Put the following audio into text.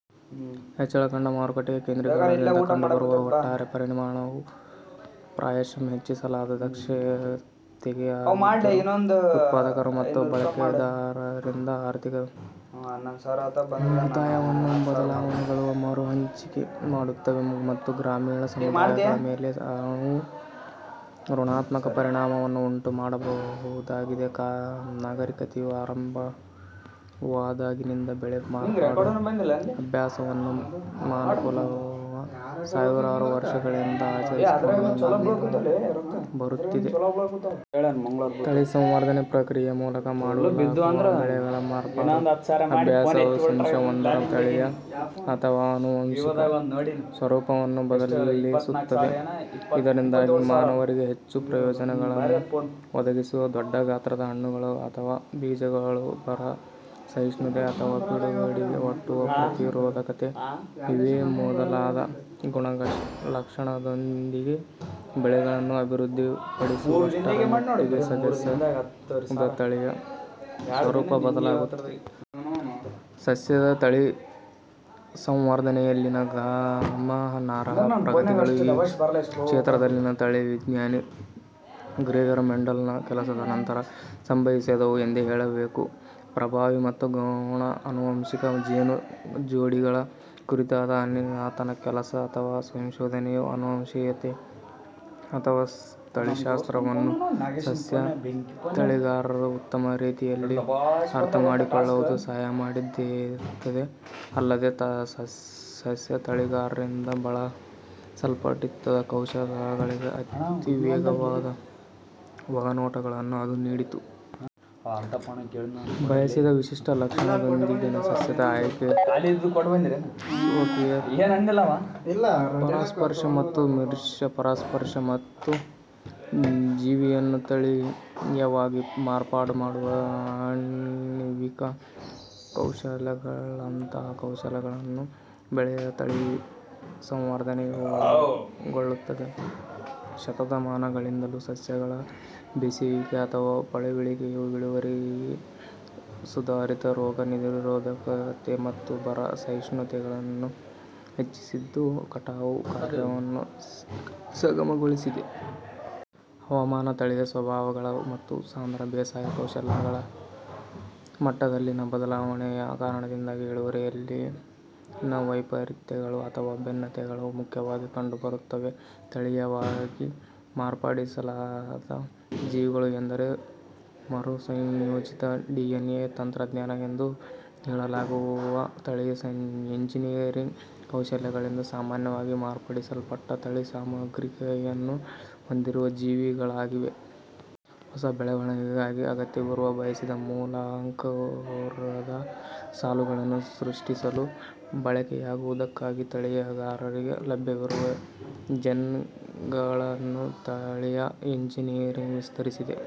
ಹೆಚ್ಚಳ ಕಂಡ ಮಾರುಕಟ್ಟೆ ಕೇಂದ್ರೀಕರಣದಿಂದಾಗಿ ಕಂಡುಬರುವ ಒಟ್ಟಾರೆ ಪರಿಣಾಮವು ಪ್ರಾಯಶಃ ಹೆಚ್ಚಿಸಲಾದ ದಕ್ಷತೆಯೇ ಆಗಿದ್ದರೂ, ಉತ್ಪಾದಕರು ಮತ್ತು ಬಳಕೆದಾರರಿಂದ ಆರ್ಥಿಕ ಮಿಗುತಾಯವನ್ನು ಬದಲಾವಣೆಗಳು ಮರುಹಂಚಿಕೆ ಮಾಡುತ್ತವೆ, ಮತ್ತು ಗ್ರಾಮೀಣ ಸಮುದಾಯಗಳ ಮೇಲೆ ಅವು ಋಣಾತ್ಮಕ ಪರಿಣಾಮವನ್ನು ಉಂಟುಮಾಡಬಹುದಾಗಿದೆ. ನಾಗರಿಕತೆಯು ಆರಂಭವಾದಾಗಿನಿಂದ, ಬೆಳೆ ಮಾರ್ಪಾಡು ಅಭ್ಯಾಸವನ್ನು ಮಾನವಕುಲವು ಸಾವಿರಾರು ವರ್ಷಗಳಿಂದಲೂ ಆಚರಿಸಿಕೊಂಡು ಬರುತ್ತಿದೆ. ತಳಿ ಸಂವರ್ಧನೆ ಪ್ರಕ್ರಿಯೆಯ ಮೂಲಕ ಮಾಡಲಾಗುವ ಬೆಳೆಗಳ ಮಾರ್ಪಾಡು ಅಭ್ಯಾಸವು ಸಸ್ಯವೊಂದರ ತಳೀಯ ಅಥವಾ ಆನುವಂಶಿಕ ಸ್ವರೂಪವನ್ನು ಬದಲಿಸುತ್ತದೆ. ಇದರಿಂದಾಗಿ ಮಾನವರಿಗೆ ಹೆಚ್ಚು ಪ್ರಯೋಜನಗಳನ್ನು ಒದಗಿಸುವ ದೊಡ್ಡ ಗಾತ್ರದ ಹಣ್ಣುಗಳು ಅಥವಾ ಬೀಜಗಳು, ಬರ -ಸಹಿಷ್ಣುತೆ, ಅಥವಾ ಪಿಡುಗಿಗೆ ಒಡ್ಡುವ ಪ್ರತಿರೋಧಕತೆ ಇವೇ ಮೊದಲಾದ ಗುಣಲಕ್ಷಣಗಳೊಂದಿಗೆ ಬೆಳೆಗಳನ್ನು ಅಭಿವೃದ್ಧಿಪಡಿಸುವಷ್ಟರ ಮಟ್ಟಿಗೆ ಸಸ್ಯದ ತಳೀಯ ಸ್ವರೂಪ ಬದಲಾಗುತ್ತದೆ. ಸಸ್ಯದ ತಳಿಸಂವರ್ಧನೆಯಲ್ಲಿನ ಗಮನಾರ್ಹ ಪ್ರಗತಿಗಳು ಈ ಕ್ಷೇತ್ರದಲ್ಲಿನ ತಳಿವಿಜ್ಞಾನಿ ಗ್ರೆಗರ್ ಮೆಂಡೆಲ್ನ ಕೆಲಸದ ನಂತರ ಸಂಭವಿಸಿದವು ಎಂದೇ ಹೇಳಬೇಕು. ಪ್ರಭಾವಿ ಮತ್ತು ಗೌಣ ಆನುವಂಶಿಕ ಜೀನು ಜೋಡಿಗಳ ಕುರಿತಾದ ಆತನ ಕೆಲಸ ಅಥವಾ ಸಂಶೋಧನೆಯು ಅನುವಂಶೀಯತೆ ಅಥವಾ ತಳಿಶಾಸ್ತ್ರವನ್ನು ಸಸ್ಯ ತಳಿಗಾರರು ಉತ್ತಮ ರೀತಿಯಲ್ಲಿ ಅರ್ಥಮಾಡಿಕೊಳ್ಳಲು ಸಹಾಯಮಾಡಿದ್ದೇ ಅಲ್ಲದೆ, ಸಸ್ಯ ತಳಿಗಾರರಿಂದ ಬಳಸಲ್ಪಡುತ್ತಿದ್ದ ಕೌಶಲಗಳಿಗೆ ಅತೀವವಾದ ಒಳನೋಟಗಳನ್ನು ಅದು ನೀಡಿತು. ಬಯಸಿದ ವಿಶಿಷ್ಟ ಲಕ್ಷಣಗಳೊಂದಿಗಿನ ಸಸ್ಯದ ಆಯ್ಕೆ, ಸ್ವಕೀಯ-ಪರಾಗಸ್ಪರ್ಶ ಮತ್ತು ಮಿಶ್ರ-ಪರಾಗಸ್ಪರ್ಶ, ಮತ್ತು ಜೀವಿಯನ್ನು ತಳೀಯವಾಗಿ ಮಾರ್ಪಾಡುಮಾಡುವ ಆಣ್ವಿಕ ಕೌಶಲಗಳಂಥ ಕೌಶಲಗಳನ್ನು ಬೆಳೆಯ ತಳಿಸಂವರ್ಧನೆಯು ಒಳಗೊಳ್ಳುತ್ತದೆ. ಶತಶತಮಾನಗಳಿಂದಲೂ ಸಸ್ಯಗಳ ಬೆಳೆಸುವಿಕೆ ಅಥವಾ ಪಳಗಿಸುವಿಕೆಯು ಇಳುವರಿ, ಸುಧಾರಿತ ರೋಗ ನಿರೋಧಕತೆ ಮತ್ತು ಬರ-ಸಹಿಷ್ಣುತೆಗಳನ್ನು ಹೆಚ್ಚಿಸಿದ್ದು, ಕಟಾವು ಕಾರ್ಯವನ್ನು ಸುಗಮಗೊಳಿಸಿದೆ. ಹವಾಮಾನ, ತಳೀಯ ಸ್ವಭಾವಗಳು, ಮತ್ತು ಸಾಂದ್ರ ಬೇಸಾಯ ಕೌಶಲಗಳ ಮಟ್ಟದಲ್ಲಿನ ಬದಲಾವಣೆಯ ಕಾರಣದಿಂದಾಗಿ ಇಳುವರಿಯಲ್ಲಿನ ವೈಪರೀತ್ಯಗಳು ಅಥವಾ ಭಿನ್ನತೆಗಳು ಮುಖ್ಯವಾಗಿ ಕಂಡುಬರುತ್ತವೆ. ತಳೀಯವಾಗಿ ಮಾರ್ಪಡಿಸಲಾದ ಜೀವಿಗಳು ಎಂದರೆ ಮರು-ಸಂಯೋಜಿತ ಡಿಎನ್ಎ ತಂತ್ರಜ್ಞಾನ ಎಂದು ಹೇಳಲಾಗುವ ತಳೀಯ ಎಂಜಿನಿಯರಿಂಗ್ ಕೌಶಲಗಳಿಂದ ಸಾಮಾನ್ಯವಾಗಿ ಮಾರ್ಪಡಿಸಲ್ಪಟ್ಟ ತಳಿ ಸಾಮಗ್ರಿಯನ್ನು ಹೊಂದಿರುವ ಜೀವಿ ಗಳಾಗಿವೆ. ಹೊಸ ಬೆಳೆಗಳಿಗಾಗಿ ಅಗತ್ಯವಿರುವ, ಬಯಸಿದ ಮೂಲಾಂಕುರದ ಸಾಲುಗಳನ್ನು ಸೃಷ್ಟಿಸಲು ಬಳಕೆಯಾಗುವುದಕ್ಕಾಗಿ ತಳಿಗಾರರಿಗೆ ಲಭ್ಯವಿರುವ ಜೀನ್ಗಳನ್ನು ತಳೀಯ ಎಂಜಿನಿಯರಿಂಗ್ ವಿಸ್ತರಿಸಿದೆ.